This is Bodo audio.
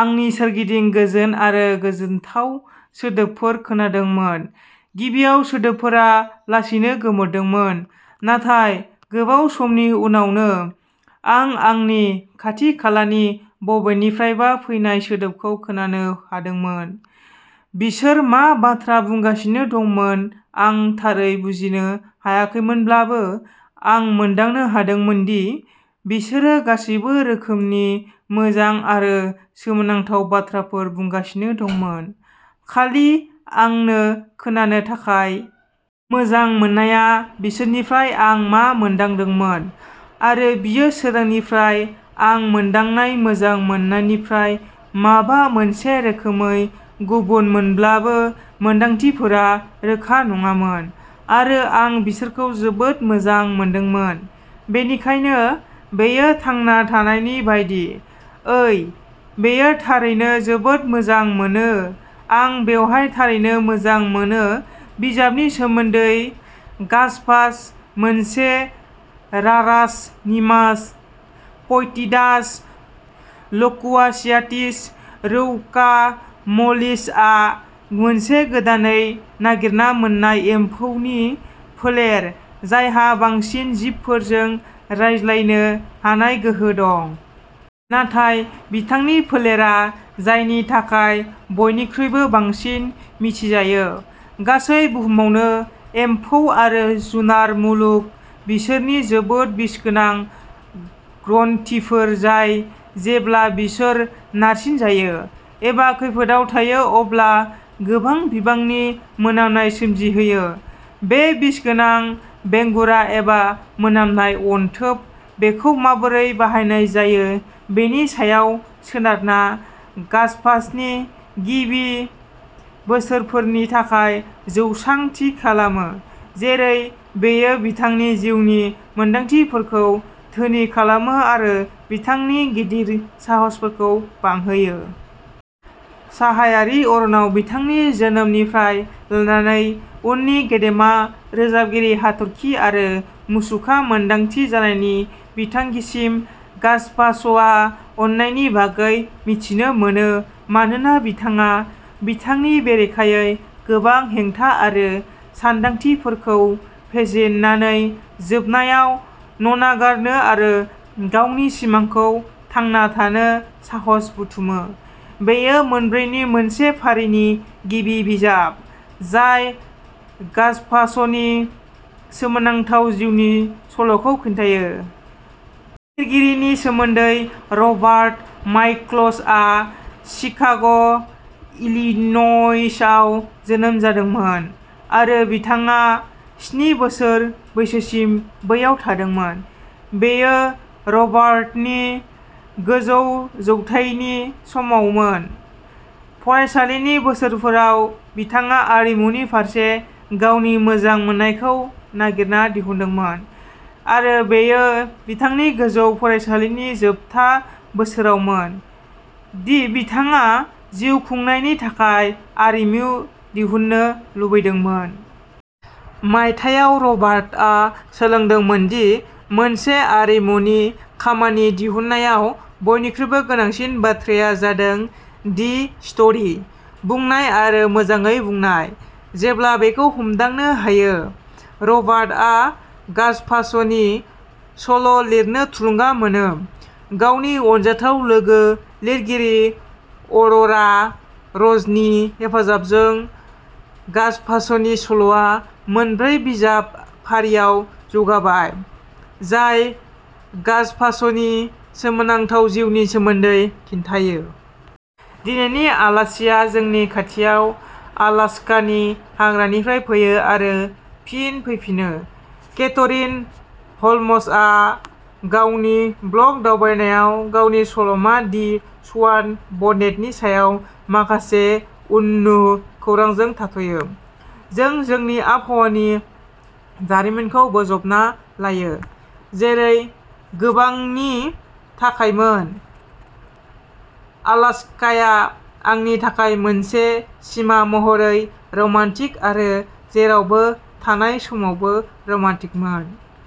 आंनि सोरगिदिं गोजोन आरो गोजोनथाव सोदोबफोर खोनादोंमोन। गिबियाव सोदोबफोरा लासैनो गोमोरदोंमोन नाथाय गोबाव समनि उनावनो, आं आंनि खाथि-खालानि बबेनिफ्रायबा फैनाय सोदोबखौ खोनानो हादोंमोन। बिसोर मा बाथ्रा बुंगासिनो दंमोन आं थारै बुजिनो हायाखैमोनब्लाबो आं मोनदांनो हादोंमोन दि बिसोरो गासैबो रोखोमनि मोजां आरो सोमोनांथाव बाथ्राफोर बुंगासिनो दंमोन, खालि आंनो खोनानो थाखाय -- मोजां मोननाया बिसोरनिफ्राय आं मा मोनदांदोंमोन। आरो बेयो सोरांनिफ्राय आं मोनदांनाय मोजां मोननायनिफ्राय माबा मोनसे रोखोमै गुबुनमोनब्लाबो, मोनदांथिफोरा रोखा नङामोन आरो आं बिसोरखौ जोबोद मोजां मोनदोंमोन बेनिखायनो बेयो थांना थानायनि बायदि। ओइ, बेयो थारैनो जोबोद मोजां मोनो आं बेवहाय थारैनो मोजां मोनो बिजाबनि सोमोन्दै गाजपाच', मोनसे "रारास निमास फ'इटिडास ल'कुवासियाटिस रौका म'लिस" आ मोनसे गोदानै नागिरना मोननाय एम्फौनि फोलेर जायहा बांसिन जिबफोरजों रायज्लायनो हानाय गोहो दं। नाथाय बिथांनि फोलेरा जायनि थाखाय बयनिख्रुइबो बांसिन मिथिजायो, गासै बुहुमावनो। एम्फौ आरो जुनार मुलुग, बिसोरनि जोबोद बिसगोनां ग्रन्थिफोर जाय जेब्ला बिसोर नारसिनजायो एबा खैफोदआव थायो अब्ला गोबां बिबांनि मोनामनाय सोमजिहोयो। बे बिसगोनां "बेंगुरा" एबा मोनामनाय "अनथोब", बेखौ माबोरै बाहायनाय जायो बेनि सायाव सोनारना, गाजपाच'नि गिबि बोसोरफोरनि थाखाय जौसां थि खालामो जेरै बेयो बिथांनि जिउनि मोनदांथिफोरखौ धोनि खालामो आरो बिथांनि गिदिर साहसफोरखौ बांहोयो। साहायारि अरनाव बिथांनि जोनोमनिफ्राय लानानै उननि गेदेमा रोजाबगिरि हाथरखि आरो मुसुखा मोनदांथि जानायनि बिथांखिसिम, गाज्पाच'आ अननायनि बागै मिथिनो मोनो मानोना बिथाङा बिथांनि बेरेखायै गोबां हेंथा आरो सानदांथिफोरखौ फेजेननानै जोबनायाव न'नागारनो आरो गावनि सिमांखौ थांना थानो साहस बुथुमो बेयो मोनब्रैनि मोनसे फारिनि गिबि बिजाब जाय गाज्पाच'नि सोमोनांथाव जिउनि सल'खौ खिन्थायो! लिरगिरिनि सोमोन्दै रबार्ट माइकल्स आ शिकाग', इलिन'इसआव जोनोम जादोंमोन आरो बिथाङा स्नि बोसोर बैसोसिम बैयाव थादोंमोन। बेयो रबार्टनि गोजौ जौथायनि समावमोन। फरायसालिनि बोसोरफोराव बिथाङा आरिमुनि फारसे गावनि मोजां मोननायखौ नागिरना दिहुनदोंमोन आरो बैयो बिथांनि गोजौ फरायसालिनि जोबथा बोसोरावमोन दि बिथाङा जिउ खांनायनि थाखाय आरिमु दिहुननो लुबैदोंमोन। मायथाइयाव रबार्टआ सोलोंदोंमोन दि मोनसे आरिमुनि खामानि दिहुननायाव बयनिख्रुइबो गोनांसिन बाथ्राया जादों "दि स्टरि" बुंनाय आरो मोजाङै बुंनाय। जेब्ला बेखौ हमदांनो हायो, रबार्टआ गाजपाच'नि सल'लिरनो थुलुंगा मोनो। गावनि अनजाथाव लोगो लिरगिरि अर'रा र'जनि हेफाजाबजों, गाजपाच'नि सल'आ मोनब्रै बिजाब फारिआव जौगाबाय, जाय गाज्पाच'नि सोमोनांथाव जिउनि सोमोन्दै खिन्थायो। दिनैनि आलासिआ जोंनि खाथियाव आलास्कानि हाग्रानिफ्राय फैयो आरो फिन फैफिनो। केथरिन ह'ल्मसआ गावनि ब्लग दावबायनायाव गावनि सल'मा दि स्वान बनेटनि सायाव माखासे उननु खौरांजों थाथ'यो। जों जोंनि आबहावानि जारिमिनखौ बोजबना लायो, जेरै गोबांनि थाखायमोन, आलास्काया आंनि थाखाय मोनसे सिमा महरै रमान्टिक आरो जेरावबो थानाय समावबो रमान्टिकमोन।